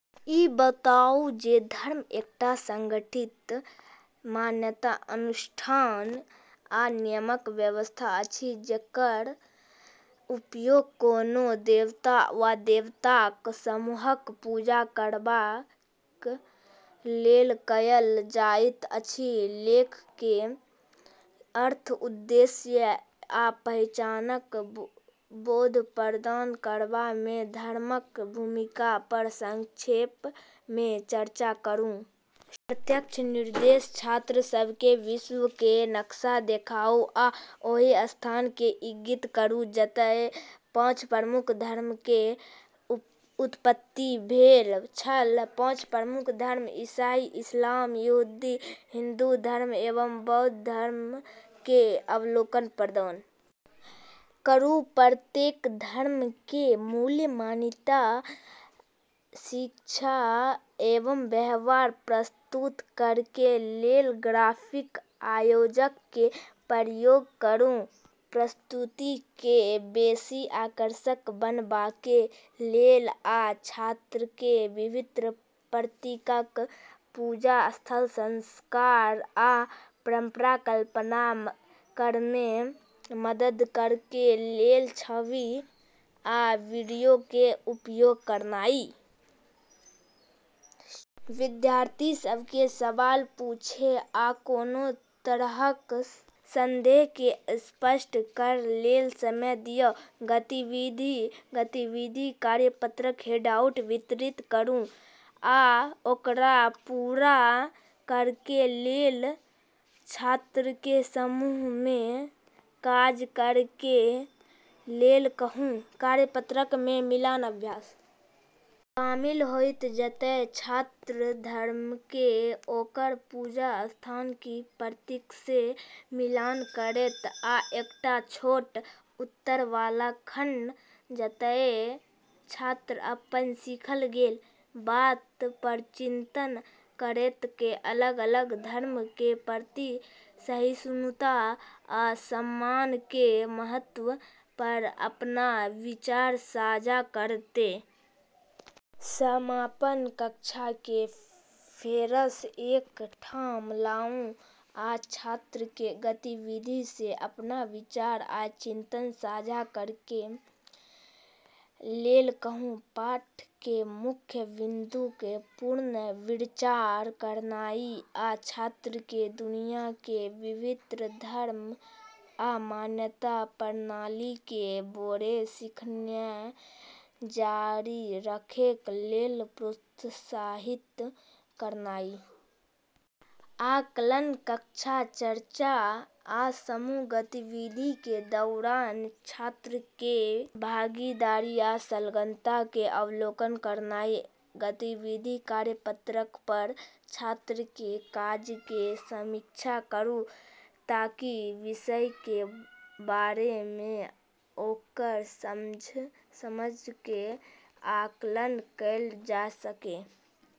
ई बताउ जे धर्म एकटा संगठित मान्यता, अनुष्ठान आ नियमक व्यवस्था अछि जकर उपयोग कोनो देवता वा देवताक समूहक पूजा करबाक लेल कयल जाइत अछि लोककेँ अर्थ, उद्देश्य आ पहिचानक बोध प्रदान करबामे धर्मक भूमिका पर संक्षेपमे चर्चा करू। प्रत्यक्ष निर्देश: छात्र सबके विश्वके नक्शा देखाउ आ ओहि स्थानके इंगित करू जतय पांच प्रमुख धर्मके उत्पत्ति भेल छल पाँच प्रमुख धर्म – ईसाई, इस्लाम, यहूदी, हिन्दू धर्म एवं बौद्ध धर्मके अवलोकन प्रदान करू प्रत्येक धर्मके मूल मान्यता, शिक्षा एवं व्यवहार प्रस्तुत करैके लेल ग्राफिक आयोजकके प्रयोग करू प्रस्तुतिके बेशी आकर्षक बनेबाके लेल आ छात्रके विभिन्न प्रतीकक, पूजा स्थलक, संस्कार आ परंपराक कल्पना करैमे मदद करैके लेल छवि आ वीडियोके उपयोग करनाइ । विद्यार्थी सबके सवाल पूछै आ कोनो तरहक संदेहके स्पष्ट करै लेल समय दियौ। गतिविधि: गतिविधि कार्यपत्रक हैंडआउट वितरित करू आ ओकरा पूरा करैके लेल छात्रके समूहमे काज करैके लेल कहू। कार्यपत्रकमे मिलान अभ्यास शामिल होइत, जतय छात्र धर्मके ओकर पूजा स्थान या प्रतीकसँ मिलान करतै, आ एकटा छोट उत्तर वाला खंड, जतय छात्र अपन सीखल गेल बात पर चिंतन करतै आ अलग-अलग धर्मके प्रति सहिष्णुता आ सम्मानके महत्व पर अपन विचार साझा करतै । समापन: कक्षाके फेरसँ एक ठाम लाऊ आ छात्रके गतिविधिसँ अपन विचार आ चिंतन साझा करैके लेल कहू। पाठके मुख्य बिन्दुके पुनर्विचार करनाइ आ छात्रके दुनियाके विभिन्न धर्म आ मान्यता प्रणालीके बारेमे सीखनाय जारी राखैके लेल प्रोत्साहित करनाइ । आकलन: कक्षा चर्चा आ समूह गतिविधिके दौरान छात्रके भागीदारी आ संलग्नताके अवलोकन करनाइ । गतिविधि कार्यपत्रक पर छात्रके काजके समीक्षा करूं ताकि विषयके बारेमे ओकर समझके आकलन कैल जा सकय।